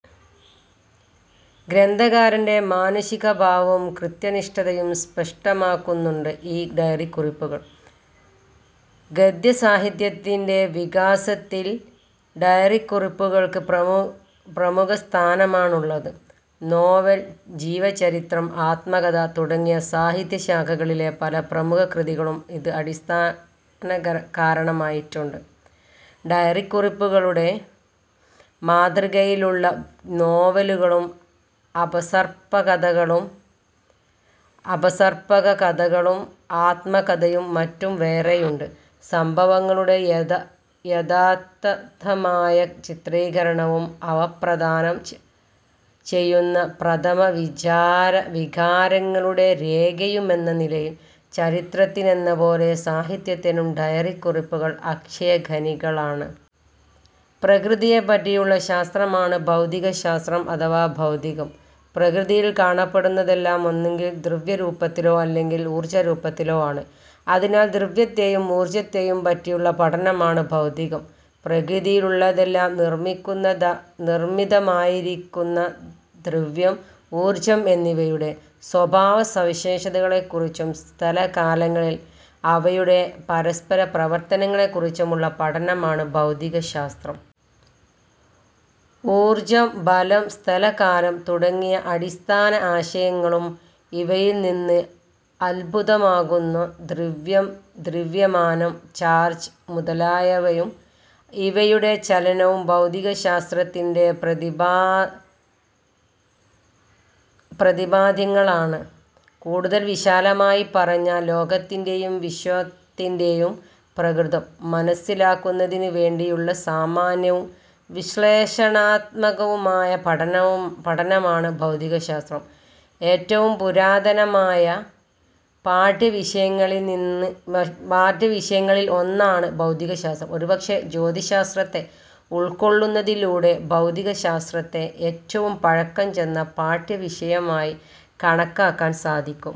ഗ്രന്ഥകാരന്റെ മാനുഷികഭാവവും കൃത്യനിഷ്ഠയും സ്പഷ്ടമാക്കുന്നുണ്ട് ഈ ഡയറിക്കുറിപ്പുകൾ. ഗദ്യസാഹിത്യത്തിന്റെ വികാസത്തിൽ ഡയറിക്കുറിപ്പുകൾക്ക് പ്രമുഖസ്ഥാനമാണുള്ളത്. നോവൽ, ജീവചരിത്രം, ആത്മകഥ തുടങ്ങിയ സാഹിത്യ ശാഖകളിലെ പല പ്രമുഖകൃതികൾക്കും ഇത് അടിസ്ഥാന കാരണമായിട്ടുണ്ട്. ഡയറിക്കുറിപ്പുകളുടെ മാതൃകയിലുള്ള നോവലുകളും അപസർപ്പകകഥകളും ആത്മകഥയും മറ്റും വേറെയുമുണ്ട്. സംഭവങ്ങളുടെ യഥാതഥമായ ചിത്രീകരണവും അവ പ്രദാനം ചെയ്യുന്ന പ്രഥമ വിചാര വികാരങ്ങളുടെ രേഖയുമെന്ന നിലയിൽ ചരിത്രത്തിനെന്ന പോലെ സാഹിത്യത്തിനും ഡയറിക്കുറിപ്പുകൾ അക്ഷയഖനികളാണ്. പ്രകൃതിയെപ്പറ്റിയുള്ള ശാസ്ത്രമാണ് ഭൗതികശാസ്ത്രം അഥവാ ഭൗതികം. പ്രകൃതിയിൽ കാണപ്പെടുന്നതെല്ലാം ഒന്നുകിൽ ദ്രവ്യരൂപത്തിലോ അല്ലെങ്കിൽ ഊർജരൂപത്തിലോ ആണ്. അതിനാൽ ദ്രവ്യത്തെയും ഊർജ്ജത്തെയും പറ്റിയുള്ള പഠനമാണ് ഭൗതികം. പ്രകൃതിയിലുള്ളതെല്ലാം നിർമ്മിതമായിരിക്കുന്ന ദ്രവ്യം, ഊർജം എന്നിവയുടെ സ്വഭാവ സവിശേഷതകളെ കുറിച്ചും, സ്ഥലകാലങ്ങളിൽ അവയുടെ പരസ്പര പ്രവർത്തനങ്ങളെ കുറിച്ചും ഉള്ള പഠനമാണ് ഭൗതികശാസ്ത്രം. ഊർജം, ബലം, സ്ഥലകാലം തുടങ്ങിയ അടിസ്ഥാന ആശയങ്ങളും ഇവയിൽനിന്ന് ഉത്ഭൂതമാകുന്ന ദ്രവ്യം, ദ്രവ്യമാനം, ചാർജ് മുതലായവയും ഇവയുടെ ചലനവും ഭൗതികശാസ്ത്രത്തിന്റെ പ്രതിപാദ്യങ്ങളാണ്. കൂടുതൽ വിശാലമായി പറഞ്ഞാൽ, ലോകത്തിന്റെയും വിശ്വത്തിന്റെയും പ്രകൃതം മനസ്സിലാക്കുന്നതിനുവേണ്ടിയുള്ള സാമാന്യവും വിശ്ലേഷണാത്മകവുമായ പഠനമാണ് ഭൗതികശാസ്ത്രം. ഏറ്റവും പുരാതനമായ പാഠ്യവിഷയങ്ങളിൽ ഒന്നാണ് ഭൗതികശാസ്ത്രം. ഒരുപക്ഷേ, ജ്യോതിശാസ്ത്രത്തെ ഉൾക്കൊള്ളുന്നതിലൂടെ ഭൗതികശാസ്ത്രത്തെ ഏറ്റവും പഴക്കം ചെന്ന പാഠ്യവിഷയമായി കണക്കാക്കാൻ സാധിക്കും.